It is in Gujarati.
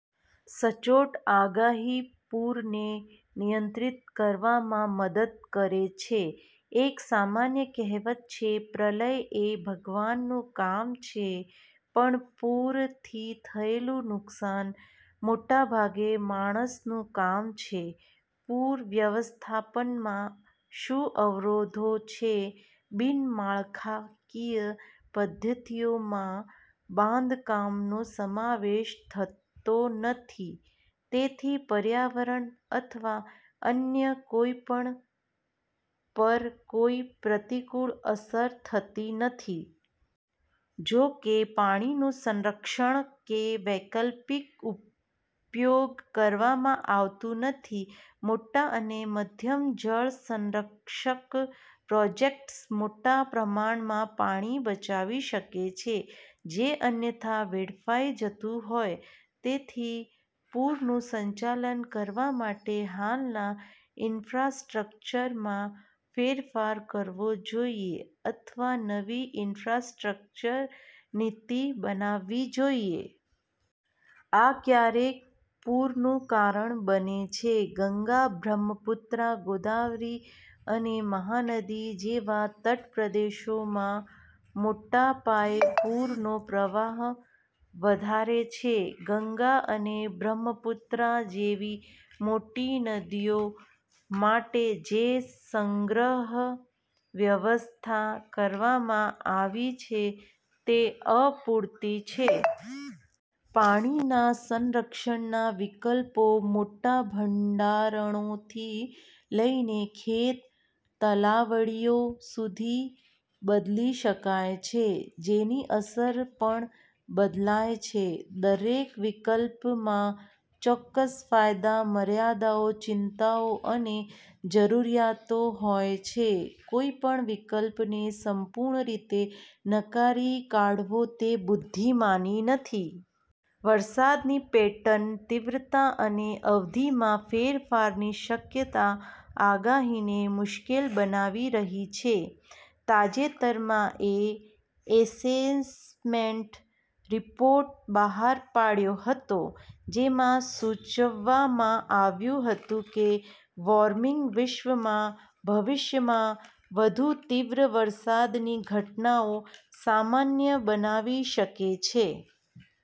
સચોટ આગાહી પૂરને નિયંત્રિત કરવામાં મદદ કરે છે. એક સામાન્ય કહેવત છે: "પ્રલય એ ભગવાનનું કામ છે, પણ પૂરથી થયેલું નુકસાન મોટાભાગે માણસનું કામ છે". પૂર વ્યવસ્થાપનમાં શું અવરોધો છે? બિન-માળખાકીય પદ્ધતિઓમાં બાંધકામનો સમાવેશ થતો નથી, તેથી પર્યાવરણ અથવા અન્ય કોઈપણ પર કોઈ પ્રતિકૂળ અસર થતી નથી. જો કે, પાણીનું સંરક્ષણ કે વૈકલ્પિક ઉપયોગ કરવામાં આવતું નથી. મોટા અને મધ્યમ જળ સંરક્ષક પ્રોજેક્ટ્સ મોટા પ્રમાણમાં પાણી બચાવી શકે છે, જે અન્યથા વેડફાઇ જતું હોત. તેથી, પૂરનું સંચાલન કરવા માટે, હાલના ઈન્ફ્રાસ્ટ્રક્ચરમાં ફેરફાર કરવો જોઈએ અથવા નવી ઈન્ફ્રાસ્ટ્રક્ચર નીતિ બનાવવી જોઈએ. આ ક્યારેક પૂરનું કારણ બને છે. ગંગા, બ્રહ્મપુત્રા, ગોદાવરી અને મહાનદી જેવા તટપ્રદેશોમાં મોટા પાયે પૂરનો પ્રવાહ વધારે છે. ગંગા અને બ્રહ્મપુત્રા જેવી મોટી નદીઓ માટે જે સંગ્રહ વ્યવસ્થા કરવામાં આવી છે તે અપૂરતી છે. પાણીના સંરક્ષણના વિકલ્પો મોટા ભંડારણોથી લઈને ખેત તલાવડીઓ સુધી બદલી શકાય છે. જેની અસર પણ બદલાય છે. દરેક વિકલ્પમાં ચોક્કસ ફાયદા, મર્યાદાઓ, ચિંતાઓ અને જરૂરિયાતો હોય છે. કોઈપણ વિકલ્પને સંપૂર્ણ રીતે નકારી કાઢવો તે બુદ્ધિમાની નથી. વરસાદની પેટર્ન, તીવ્રતા અને અવધિમાં ફેરફારની શક્યતા આગાહીને મુશ્કેલ બનાવી રહી છે. તાજેતરમાં એ એસેસમેન્ટ રિપોર્ટ બહાર પાડ્યો હતો, જેમાં સૂચવવામાં આવ્યું હતું કે, વોર્મિંગ વિશ્વમાં, ભવિષ્યમાં વધુ તીવ્ર વરસાદની ઘટનાઓ સામાન્ય બનાવી શકે છે.